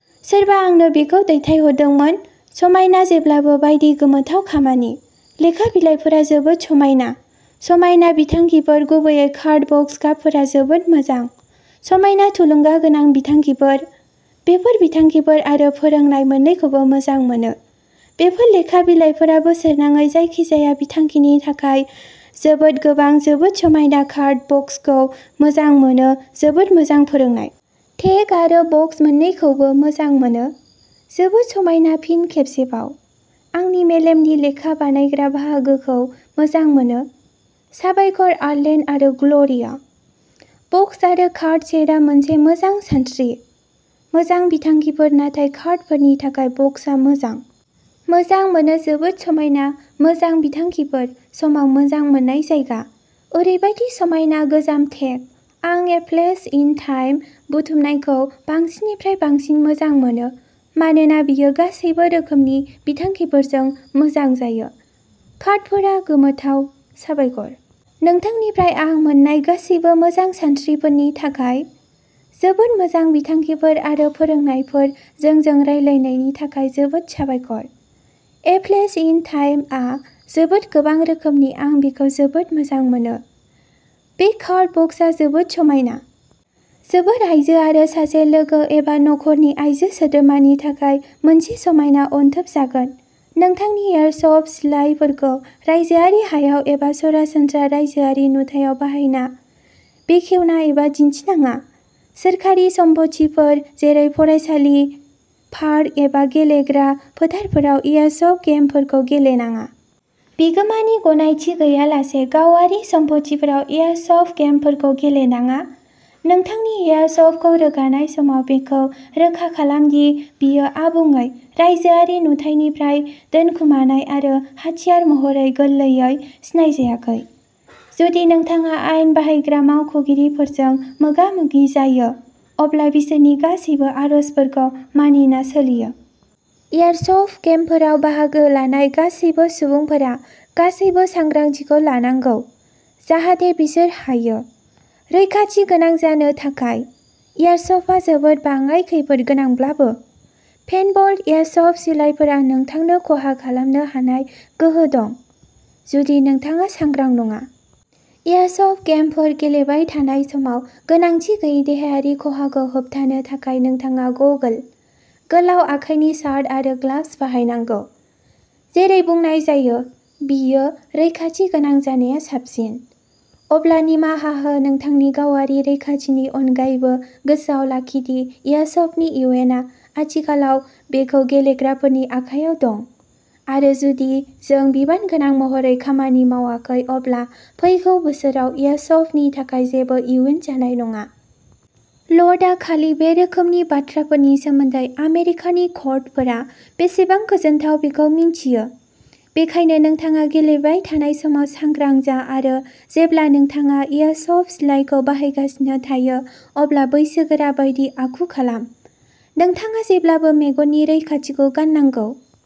सोरबा आंनो बेखौ दैथायहरदोंमोन। समायना जेब्लाबो बायदि गोमोथाव खामानि। लेखा बिलाइफोरा जोबोद समायना,। समायना बिथांखिफोर-गुबैयै कार्ड बक्स गाबफोरा जोबोद मोजां। समायना थुलुंगा गोनां बिथांखिफोर। बेफोर बिथांखिफोर आरो फोरोंनाय मोन्नैखौबो मोजां मोनो। बेफोर लेखा बिलाइफोरा बोसोरनाङै जायखिजाया बिथांखिनि थाखाय जोबोद गोबां जोबोद समायना कार्ड बक्सखौ मोजां मोनो जोबोद मोजां फोरोंनाय। टेग आरो बक्स मोन्नैखौबो मोजां मोनो। जोबोद समायना फिन खेबसेबाव, आंनि मेलेमनि लेखा बानायग्रा बाहागोखौ मोजां मोनो। साबायखर, आर्लेन आरो ग्ल'रिया। बक्स आरो कार्ड सेटआ मोनसे मोजां सानस्रि। मोजां बिथांखिफोर नाथाय कार्डफोरनि थाखाय बक्सआ मोजां। मोजां मोनो-जोबोद समायना मोजां बिथांखिफोर समाव मोजां मोन्नाय जायगा। ओरैबायदि समायना गोजाम टेग आं ए प्लेस इन टाइम बुथुमनायखौ बांसिननिफ्राय बांसिन मोजां मोनो मानोना बेयो गासैबो रोखोमनि बिथांखिफोरजों मोजां जायो। कार्डफोरा गोमोथाव, साबायखर। नोंथांनिफ्राय आं मोन्नाय गासैबो मोजां सानस्रिफोरनि थाखाय। जोबोद मोजां बिथांखिफोर आरो फोरोंनायफोर-जोंजों रानलायनायनि थाखाय जोबोद साबायखर। ए प्लेस इन टाइम आ जोबोद गोबां रोखोमनि आं बेखौ जोबोद मोजां मोनो। बे कार्ड बक्सआ जोबोद समायना। जोबोद आइजो आरो सासे लोगो एबा नखरनि आइजो सोद्रोमानि थाखाय मोनसे समायना अनथोब जागोन। नोंथांनि एयारसफ्ट सिलाइफोरखौ रायजोआरि हायाव एबा सरासनस्रा राइजोआरि नुथायाव बाहायना, बेखेवना एबा दिन्थिनाङा। सोरखारि सम्पथिफोर जेरै फरायसालि, पार्क एबा गेलेग्रा फोथारफोराव एयारसफ्ट गेमफोरखौ गेलेनाङा। बिगोमानि गनायथि गैयालासे गावारि सम्पथिफोराव एयारसफ्ट गेमफोरखौ गेलेनाङा। नोंथांनि एयारसफ्टखौ रोगानाय समाव बेखौ रोखा खालाम दि बेयो आबुङै राइजोआरि नुथाइनिफ्राय दोनखोमानाय आरो हाथियार महरै गोरलैयै सिनायजायाखै। जुदि नोंथाङा आयेन बाहायग्रा मावख'गिरिफोरजों मोगा-मोगि जायो, अब्ला बिसोरनि गासिबो आर'जफोरखौ मानिना सोलियो। एयारसफ्ट गेमफोराव बाहागो लानाय गासैबो सुबुंफोरा गासैबो सांग्रांथिखौ लानांगौ, जाहाथे बिसोर हायो। रैखाथि गोनां जानो थाखाय। एयारसफ्टआ जोबोद बाङाइ खैफोदगोनांब्लाबो, पेन्टबल एयारसफ्ट सिलाइफोरा नोंथांनो खहा खालामनो हानाय गोहो दं, जुदि नोंथाङा सांग्रां नङा। एयारसफ्ट गेमफोर गेलेबाय थानाय समाव गोनांथि गैयै देहायारि खहाखौ होबथानो थाखाय नोंथाङा गगल, गोलाव आखाइनि सार्ट आरो ग्लब्स बाहायनांगौ। जेरै बुंनाय जायो, बेयो रैखाथि गोनां जानाया साबसिन, अब्ला निमाहा हो नोंथांनि गावारि रैखाथिनि अनगायैबो गोसोआव लाखि दि एयारसफ्टनि इयुनआ आथिखालाव बेखौ गेलेग्राफोरनि आखायाव दं, आरो जुदि जों बिबानगोनां महरै खामानि मावाखै अब्ला फैगौ बोसोरफोराव एयारसफ्टनि थाखाय जेबो इयुन जानाय नङा। लर्डआ खालि बे रोखोमनि बाथ्राफोरनि सोमोन्दै आमेरिकानि कर्टफोरा बेसेबां गोजोनथाव बेखौ मिन्थियो, बेनिखायनो नोंथाङा गेलेबाय थानाय समाव सांग्रां जा आरो जेब्ला नोंथाङा एयारसफ्ट सिलाइखौ बाहायगासिनो थायो अब्ला बैसोगोरा बायदि आखु खालाम। नोंथाङा जेब्लाबो मेगननि रैखाथिखौ गाननांगौ।